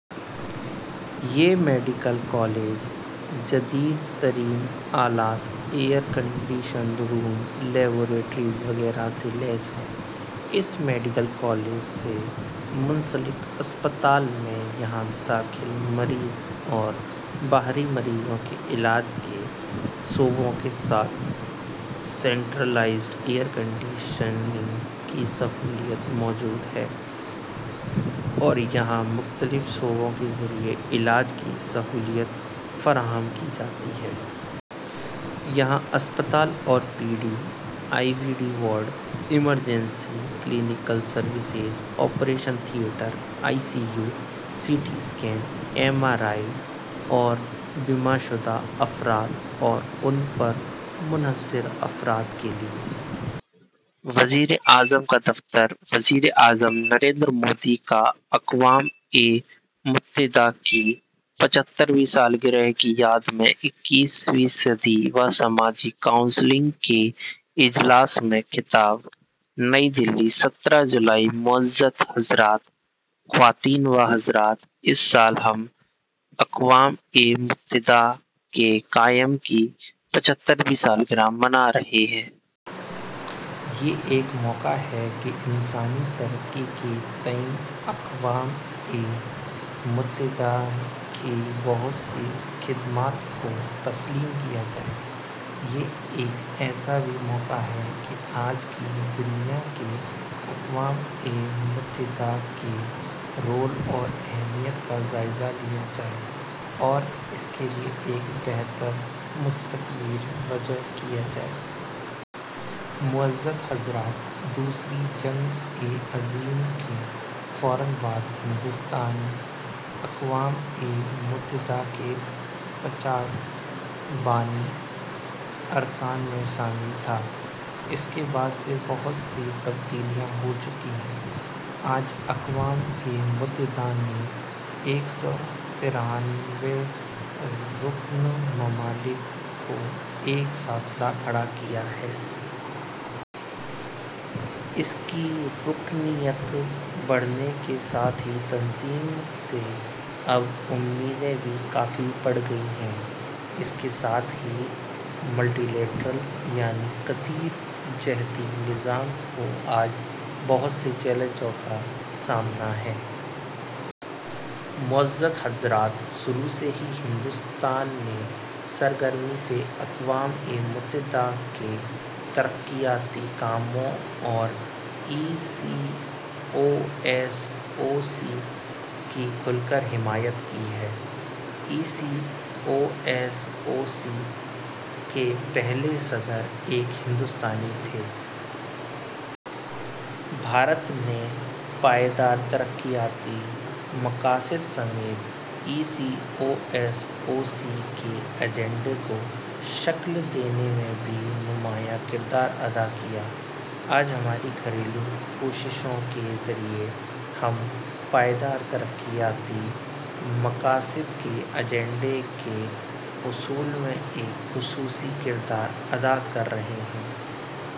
یہ medical college جدید ترین آلات، ایئر کنڈیشنڈ رومز، لیبارٹریز وغیرہ سے لیس ہیں۔ اس میڈیکل کالج سے منسلک اسپتال میں یہاں داخل مریضوں اور بیرونی مریضوں کے علاج کے شعبوں کے ساتھ سینٹرلائزڈ ایئر کنڈیشننگ کی سہولت موجود ہے اور یہاں مختلف شعبوں کے ذریعے علاج کی سہولت فراہم کی جاتی ہے۔ یہاں اسپتال اور P D, I B D ward, emergency, clinical services, operation theatre, I C U, C T scan, M R I اور بیمہ شدہ افراد اور ان پر منحصر افراد کے لیے۔ وزیراعظم کا دفتر وزیر اعظم نریندر مودی کا اقوام متحدہ کی پچھترویں سالگرہ کی یاد میں اقتصادی و سماجی کونسل کے اجلاس میں خطاب۔ نئی دہلی، سترہ جولائی۔ معزز حضرات، خواتین و حضرات، اس سال ہم اقوام متحدہ کے قیام کی پچھترویں سالگرہ منا رہے ہیں۔ یہ ایک موقع ہے کہ انسان کی ترقی کے تئیں اقوام متحدہ کی بہت سی خدمات کو تسلیم کیا جائے۔ یہ ایک ایسا بھی موقع ہے کہ آج کی دنیا میں اقوام متحدہ کے رول اور اہمیت کا جائزہ لیا جائے اور اس کے لیے ایک بہتر مستقبل وضع کیا جائے۔ معزز حضرات، دوسری جنگ عظیم کے فوراً بعد ہندوستان اقوام متحدہ کے پچاس بانی ارکان میں شامل تھا۔ اس کے بعد سے بہت سی تبدیلیاں ہو چکی ہیں۔ آج اقوام متحدہ نے ایک سو ترانوے رکن ممالک کو ایک ساتھ لا کھڑا کیا ہے۔ اس کی رکنیت بڑھنے کے ساتھ ہی تنظیم سے اب امیدیں بھی کافی بڑھ گئی ہیں۔ اس کے ساتھ ہی ملٹی لیٹرل یعنی کثیر الجہتی نظام کو آج بہت سے چیلنجز کا سامنا ہے۔ معزز حضرات، شروع سے ہی ہندوستان نے سرگرمی سے اقوام متحدہ کے ترقیاتی کاموں اور ای سی او ایس او سی کی کھل کر حمایت کی ہے۔ ای سی او ایس او سی کے پہلے صدر ایک ہندوستانی تھے۔ بھارت نے پائیدار ترقیاتی مقاصد سمیت ای سی او ایس او سی کے ایجنڈے کو شکل دینے میں بھی نمایاں کردار ادا کیا۔ آج ہماری گھریلو کوششوں کے ذریعے ہم پائیدار ترقیاتی مقاصد کے ایجنڈے کے حصول میں ایک خصوصی کردار ادا کر رہے ہیں۔